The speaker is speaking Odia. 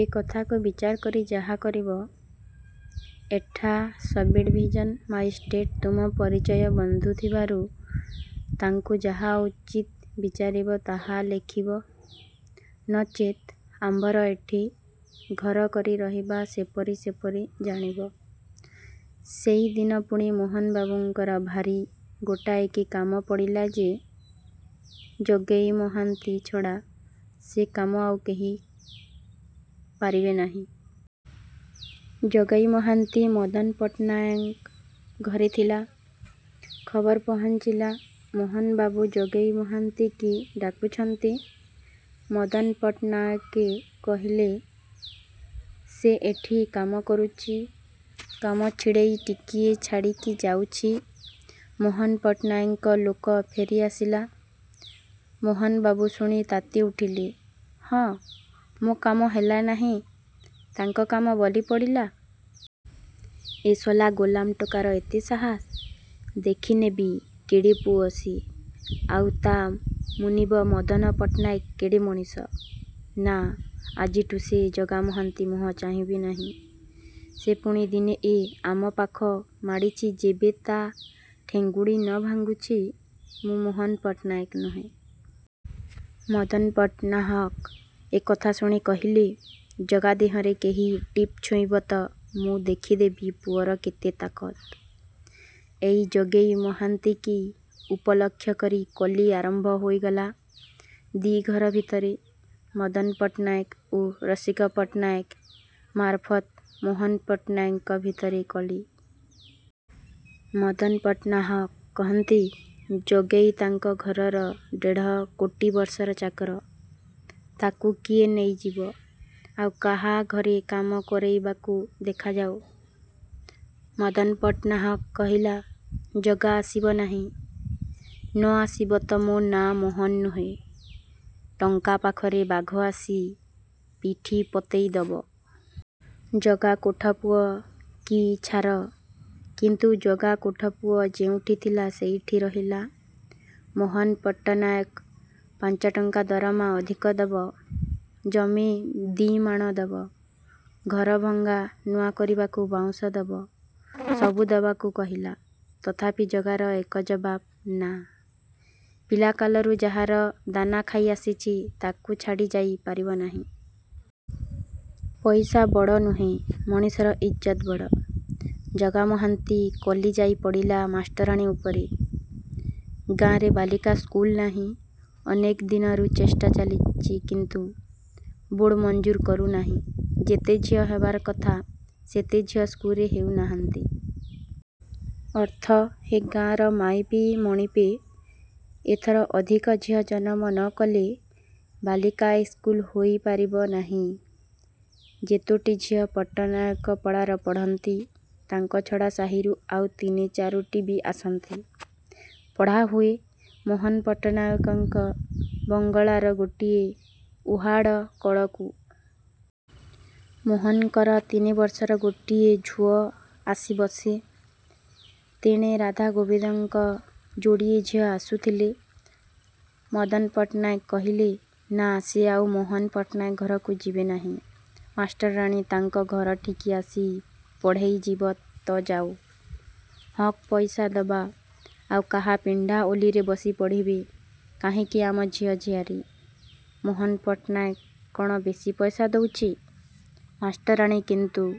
ଏ କଥାକୁ ବିଚାର କରି ଯାହା କରିବ। ଏଠା ସବ୍ଡ଼ିଭିଜନ ମାଜିଷ୍ଟ୍ରେଟ ତୁମ୍ଭ ପରିଚୟ ବନ୍ଧୁ ଥିବାରୁ ତାଙ୍କୁ ଯାହା ଉଚିତ ବିଚାରିବ ତାହା ଲେଖିବ। ନଚେତ ଆମ୍ଭର ଏଠି, ଘର କରି ରହିବା ସେପରି ସେପରି ଜାଣିବ। ସେଇଦିନ ପୁଣି ମୋହନବାବୁଙ୍କର ଭାରି ଗୋଟାଏ କି କାମ ପଡ଼ିଲା ଯେ ଜଗେଇ ମହାନ୍ତି ଛଡ଼ା ସେ କାମ ଆଉ କେହି ପାରିବେ ନାହିଁ। ଜଗେଇ ମହାନ୍ତି ମଦନପଟ୍ଟନାୟକ ଘରେ ଥିଲା, ଖବର ପହଞ୍ଚିଲା। ମୋହନବାବୁ ଜଗେଇ ମହାନ୍ତିକି ଡାକୁଛନ୍ତି। ମଦନ ପଟ୍ଟନାୟକେ କହିଲେ–''ସେ ଏଠି କାମ କରୁଚି–କାମ ଛିଡ଼େଇ ଟିକିଏ ଛାଡ଼ିକି ଯାଉଛି। '' ମୋହନ ପଟ୍ଟନାୟକଙ୍କ ଲୋକ ଫେରି ଆସିଲା। ମୋହନବାବୁ ଶୁଣି ତାତି ଉଠିଲେ–''ହଁ, ମୋ କାମ ହେଲା ନାହିଁ, ତାଙ୍କ କାମ ବଳି ପଡ଼ିଲା। ଏ ଶଳା ଗୋଲାମ ଟୋକାର ଏତେ ସାହସ! ଦେଖି ନେବି କେଡ଼େ ପୁଅ ସେ–ଆଉ ତା' ମୁନିବ ମଦନ ପଟ୍ଟନାୟକ କେଡ଼େ ମଣିଷ। ନା, ଆଜିଠୁ ସେ ଜଗାମହାନ୍ତି ମୁହଁ ଚାହିଁବି ନାହିଁ। ସେ ପୁଣି ଦିନେ ଏ ଆମ ପାଖ ମାଡ଼ିଛି ଯେବେ ତା' ଠେଙ୍ଗୁଣି ନଭାଙ୍ଗିଛି ମୁଁ ମୋହନ ପଟ୍ଟନାୟକ ନୁହେଁ। '' ମଦନ ପଟ୍ଟନାହାକ ଏ କଥା ଶୁଣି କହିଲେ–ଜଗା ଦେହରେ କେହି ଟିପ ଛୁଇଁବ ତ ମୁଁ ଦେଖି ଦେବି ପୁଅର କେତେ ତାକତ। ଏଇ ଜଗେଇ ମହାନ୍ତିକି ଉପଲକ୍ଷ କରି କଳି ଆରମ୍ଭ ହେଇଗଲା ଦି' ଘର ଭିତରେ–ମଦନପଟ୍ଟନାୟକ ଓ ରସିକପଟ୍ଟନାୟକ ମାରଫତ ମୋହନପଟ୍ଟନାୟକ ଭିତରେ କଳି। ମଦନପଟ୍ଟନାହାକ କହନ୍ତି, ଜଗେଇ ତାଙ୍କ ଘରର ଦେଢ଼କୋଡ଼ି ବର୍ଷର ଚାକର, ତାକୁ କିଏ ନେଇଯିବ ଆଉ କାହାଘରେ କାମ କରେଇବାକୁ, ଦେଖାଯାଉ। ମଦନପଟ୍ଟନାହାକ କହିଲା, ଜଗା ଆସିବ ନାହିଁ। ନଆସିବ ତ ମୋ ନାଆଁ ମୋହନ ନୁହେଁ। ଟଙ୍କା ପାଖରେ ବାଘ ଆସି ପିଠି ପତେଇ ଦବ। ଜଗା କୋଠପୁଅ କି ଛାର। କିନ୍ତୁ ଜଗା କୋଠପୁଅ ଯୋଉଠିଁ ଥିଲା ସେଇଠି ରହିଲା। ମୋହନ ପଟ୍ଟନାୟକ ପାଞ୍ଚଟଙ୍କା ଦରମା ଅଧିକ ଦବ, ଜମି ଦି'ମାଣ ଦବ, ଭଙ୍ଗାଘର ନୂଆ କରିବାକୁ ବାଉଁଶ ଦବ–ସବୁ ଦବାକୁ କହିଲା, ତଥାପି ଜଗାର ଏକ ଜବାବ–ନା। ପିଲାକାଳରୁ ଯାହାର ଦାନାଖାଇ ଆସିଚି–ତାକୁ ଛାଡ଼ି ଯାଇ ପାରିବ ନାହିଁ। ପଇସା ବଡ଼ ନୁହେଁ, ମଣିଷର ଇଜ୍ଜତ ବଡ଼। ଜଗାମହାନ୍ତି କଳି ଯାଇ ପଡ଼ିଲା ମାଷ୍ଟରାଣୀ ଉପରେ। ଗାଁରେ ବାଳିକା ସ୍କୁଲ ନାହିଁ। ଅନେକ ଦିନରୁ ଚେଷ୍ଟା ଚାଲିଚି କିନ୍ତୁ। ବୋର୍ଡ଼ ମଞ୍ଜୁର କରୁ ନାହିଁ। ଯେତେ ଝିଅ ହେବାର କଥା ସେତେ ଝିଅ ସ୍କୁଲରେ ହେଉ ନାହାନ୍ତି। ଅର୍ଥ, ହେ ଗାଁଆର ମାଇପି ମିଣିପେ, ଏଥର ଅଧିକ ଝିଅ ଜନମ ନକଲେ ବାଳିକା ଇସ୍କୁଲ ହୋଇ ପାରିବ ନାହିଁ। ଯେତୋଟି ଝିଅ ପଟ୍ଟନାୟକ ପଡ଼ାର ପଢ଼ନ୍ତି, ତାଙ୍କ ଛଡ଼ା ସାହିରୁ ଆଉ ତିନି ଚାରୋଟିବି ଆସନ୍ତି। ପଢ଼ାହୁଏ ମୋହନପଟ୍ଟନାୟକଙ୍କ ବଙ୍ଗଳାର ଗୋଟିଏ ଉହାଡ଼ କଡ଼କୁ। ମୋହନଙ୍କର ତିନିବର୍ଷର ଗୋଟିଏ ଝୁଅ ଆସି ବସେ। ତେଣେ ରାଧା ଗୋବିନ୍ଦଙ୍କ ଯୋଡ଼ିଏ ଝିଅ ଆସୁଥିଲେ। ମଦନପଟ୍ଟନାୟକ କହିଲେ, ନା ସେ ଆଉ ମୋହନ ପଟ୍ଟନାୟକ ଘରକୁ ଯିବେ ନାହିଁ। ମାଷ୍ଟରାଣୀ ତାଙ୍କ ଘରଠିକି ଆସି ପଢ଼େଇ ଯିବ ତ ଯାଉ। ହକ୍ ପଇସା ଦବା, ଆଉ କାହା ପିଣ୍ଡା ଓଳିରେ ବସି ପଢ଼ିବେ କାହିଁକି ଆମ ଝିଅ ଝିଆରୀ? ମୋହନ ପଟ୍ଟନାୟକ କ'ଣ ବେଶି ପଇସା ଦଉଚି। ମାଷ୍ଟରାଣୀ କିନ୍ତୁ